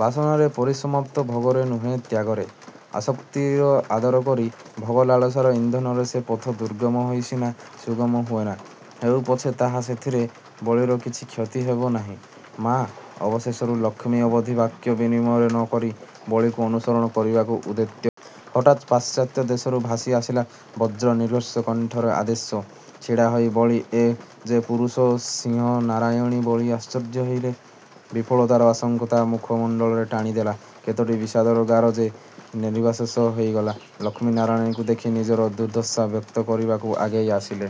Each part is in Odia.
ବାସନାର ପରିସମାପ୍ତି ଭୋଗରେ ନୁହେଁ, ତ୍ୟାଗରେ। ଆଶକ୍ତିକୁ ଆଦରକରି ଭୋଗ ଲାଳସାର ଇନ୍ଧନରେ ସେ ପଥ ଦୁର୍ଗମ ହୁଏ ସିନା, ସୁଗମ ହୁଏନା। ହେଉ ପଛେ ତାହା ଏଥିରେ ବଳୀର କିଛି କ୍ଷତି ହେବ ନାହିଁ ମା! ଅବଶେଷରେ ଲକ୍ଷ୍ମୀ ଅଧିକ ବାକ୍ୟ ବିନିମୟ ନ କରି ବଳୀକୁ ଅନୁସରଣ କରିବାକୁ ଉଦ୍ୟତ ହେଲେ। ହଠାତ୍ ପଶ୍ଚାତ୍ ଦେଶରୁ ଭାସିଆସିଲା ବଜ୍ର ନିର୍ଘୋଷ କଣ୍ଠର ଆଦେଶ, ଛିଡ଼ା ହୁଅ ବଳୀ-! ଏ ଯେ ପୁରୁଷ ସିଂହ ନାରାୟଣ! ବଳୀ ଆଶ୍ଚର୍ଯ୍ୟ ହେଲା। ବିଫଳତାର ଆଶଙ୍କା ତାର ମୁଖ ମଣ୍ଡଳରେ ଟାଣିଦେଲା କେତୋଟି ବିଷାଦର ଗାର। ଏ ଯେ ସର୍ବନାଶ ଉପସ୍ଥିତ। ଲକ୍ଷ୍ମୀ ନାରାୟଣଙ୍କୁ ଦେଖି ନିଜର ଦୁର୍ଦ୍ଦଶା ବ୍ୟକ୍ତ କରିବାକୁ ଆଗେଇ ଆସିଲେ।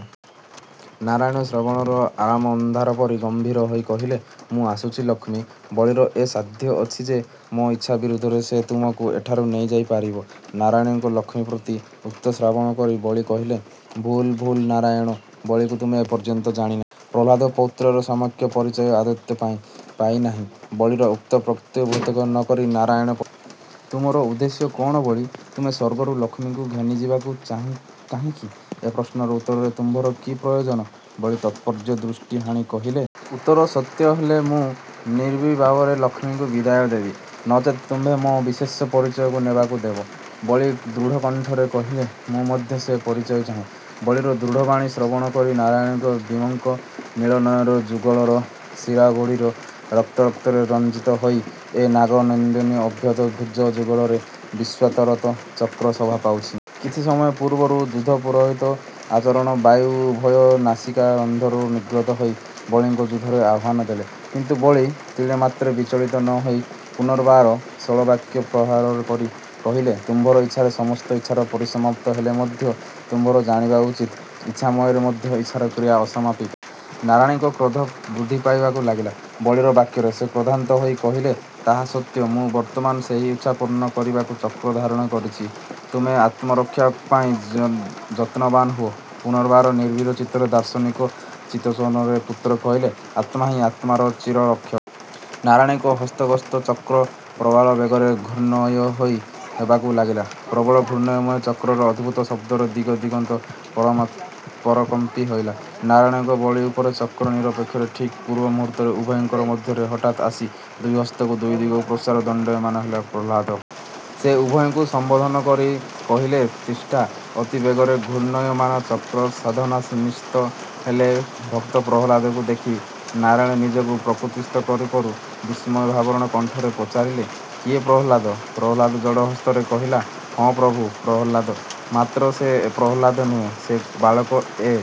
ନାରାୟଣ ଶ୍ରାବଣର ଅରମା ଅନ୍ଧାର ପରି ଗମ୍ଭୀର ହୋଇ କହିଲେ, ମୁଁ ଆସିଛି ଲକ୍ଷ୍ମୀ। ବଳୀର ଏତେ ସାଧ୍ୟ ଅଛି ଯେ ମୋ ଇଚ୍ଛା ବିରୁଦ୍ଧରେ ସେ ତୁମକୁ ଏଠାରୁ ନେଇଯାଇ ପାରିବ? ନାରାୟଣଙ୍କର ଲକ୍ଷ୍ମୀପ୍ରତି ଉକ୍ତି ଶ୍ରବଣକରି ବଳୀ କହିଲା–ଭୁଲ, ଭୁଲ ନାରାୟଣ! ବଳୀକୁ ତୁମେ ଏପର୍ଯ୍ୟନ୍ତ ଜାଣିନାହଁ। ପ୍ରହ୍ଲାଦ ପୌତ୍ରର ସମ୍ୟକ ପରିଚୟ ଅଦ୍ୟାପି ତୁମେ। ପାଇ ନାହଁ। ବଳୀର ଉକ୍ତି ପ୍ରତି ଭୃକ୍ଷେପ ନକରି ନାରାୟଣ ପଚାରିଲେ, ତୁମର ଉଦ୍ଦେଶ୍ୟ କ'ଣ ବଳୀ-! ତୁମେ ସ୍ୱର୍ଗରୁ ଲକ୍ଷ୍ମୀଙ୍କୁ ଘେନିଯିବାକୁ ଚାହଁ କାହିଁକି? ଏ ପ୍ରଶ୍ନର ଉତ୍ତରରେ ତୁମ୍ଭର କି ପ୍ରୟୋଜନ? ବଳୀ ତୀର୍ଯ୍ୟକ ଦୃଷ୍ଟି ହାଣି କହିଲା। ଉତ୍ତର ସତ୍ୟହେଲେ ମୁଁ ନିର୍ବିବାଦରେ ଲକ୍ଷ୍ମୀଙ୍କୁ ବିଦାୟ ଦେବି। ନଚେତ୍ ତୁମ୍ଭଙ୍କୁ ମୋର ବିଶେଷ ପରିଚୟ ନେବାକୁ ହେବ। ବଳୀ ଦୃଢ଼ କଣ୍ଠରେ କହିଲା, ମୁଁ ମଧ୍ୟ ସେ ପରିଚୟ ଚାହେଁ। ବଳୀର ଦୃଢ଼ବାଣୀ ଶ୍ରବଣକରି ନାରାୟଣଙ୍କର ବଙ୍କିମ ନୀଳ ନୟନ ଯୁଗଳର ଶିରାଗୁଡ଼ିକ ରକ୍ତ ରାଗରେ ରଞ୍ଜିତ ହେଲା ଏବଂ ନାଗ ନିନ୍ଦିତ ଅଭୟ ଭୁଜ ଯୁଗଳରେ ବିଶ୍ୱତ୍ରାସକ ଚକ୍ର ଶୋଭାପାଇଲା। କିଛି ସମୟ ପୂର୍ବରୁ ଯୁଦ୍ଧପରାହତ ଅଣଚାଶ ବାୟୁ ଉଭୟ ନାଶିକା ରନ୍ଧ୍ରରୁ ନିର୍ଗତ ହୋଇ ବଳୀକୁ ଯୁଦ୍ଧର ଆହ୍ୱାନ ଦେଲା। କିନ୍ତୁ ବଳୀ ତିଳେମାତ୍ର ବିଚଳିତ ନହୋଇ ପୁନର୍ବାର ଶ୍ୟେଳବାକ୍ୟ ପ୍ରହାରକରି କହିଲା, ତୁମ୍ଭରି ଇଚ୍ଛାରେ ସମସ୍ତ ଇଚ୍ଛାର ପରିସମାପ୍ତି ହେଲେ ମଧ୍ୟ ତୁମ୍ଭର ଜାଣିବା ଉଚିତ ଇଚ୍ଛାମୟର ମଧ୍ୟ ଇଚ୍ଛାର କ୍ରିୟା ଅସମାପିକ। ନାରାୟଣଙ୍କର କ୍ରୋଧ ବୃଦ୍ଧି ପାଇବାକୁ ଲାଗିଲା ବଳୀର ବାକ୍ୟରେ। ସେ କ୍ରୋଧାନ୍ଧ ହୋଇ କହିଲେ, ତାହା ସତ୍ୟ। ମୁଁ ବର୍ତ୍ତମାନ ସେହି ଇଚ୍ଛା ପୂର୍ଣ୍ଣ କରିବାକୁ ଚକ୍ର ଧାରଣ କରୁଛି। ତୁମେ ତୁମ ଆତ୍ମରକ୍ଷା ପାଇଁ ଯତ୍ନବାନ ହୁଅ। ପୁନର୍ବାର ନିର୍ଭୟ ଚିତ୍ତରେ ଦାର୍ଶନିକ ବିରୋଚନର ପୁତ୍ର କହିଲା, ଆତ୍ମାହିଁ ଆତ୍ମାର ଚୀରରକ୍ଷକ। ନାରାୟଣଙ୍କ ହସ୍ତସ୍ଥିତ ଚକ୍ର ପ୍ରବଳବେଗରେ ଘୂର୍ଣ୍ଣାୟମାନ ହେବାକୁ ଲାଗିଲା। ପ୍ରବଳ ଘୂର୍ଣ୍ଣାୟମାନ ଚକ୍ରର ଅଦ୍ଭୁତ ଶବ୍ଦରେ ଦିଗ ବିଦିଗ ପ୍ରକମ୍ପିତ ହେଲା। ନାରାୟଣ ବଳୀ ଉପରେ ଚକ୍ର ନିକ୍ଷେପର ଠିକ୍ ପୂର୍ବ ମୁହୂର୍ତ୍ତରେ, ଉଭୟଙ୍କ ମଧ୍ୟରେ ହଠାତ୍ ଆସି ଦୁଇ ହସ୍ତକୁ ଦୁଇ ଦିଗକୁ ପ୍ରସାରି ଦଣ୍ଡାୟମାନ ହେଲେ ପ୍ରହ୍ଲାଦ। ସେ ଉଭୟଙ୍କୁ ସମ୍ୱୋଧନକରି କହିଲେ ତିଷ୍ଠ। ଅତି ବେଗରେ ଘୂର୍ଣ୍ଣାୟମାନ ଚକ୍ର ସହସା ସ୍ତିମିତ ହେଲା ଭକ୍ତ ପ୍ରହ୍ଲାଦକୁ ଦେଖି। ନାରାୟଣ ନିଜକୁ ପ୍ରକୃତିସ୍ଥ କରୁ କରୁ ବିସ୍ମୟଭରା କଣ୍ଠରେ ପଚାରିଲେ, କିଏ ପ୍ରହ୍ଲାଦ? ପ୍ରହ୍ଲାଦ ଯୋଡ଼ ହସ୍ତରେ କହିଲା, ହଁ ପ୍ରଭୁ ପ୍ରହ୍ଲାଦ। ମାତ୍ର ଏ ସେ ପ୍ରହ୍ଲାଦ ନୁହେଁ। ସେ ଥିଲା ବାଳକ–ଏ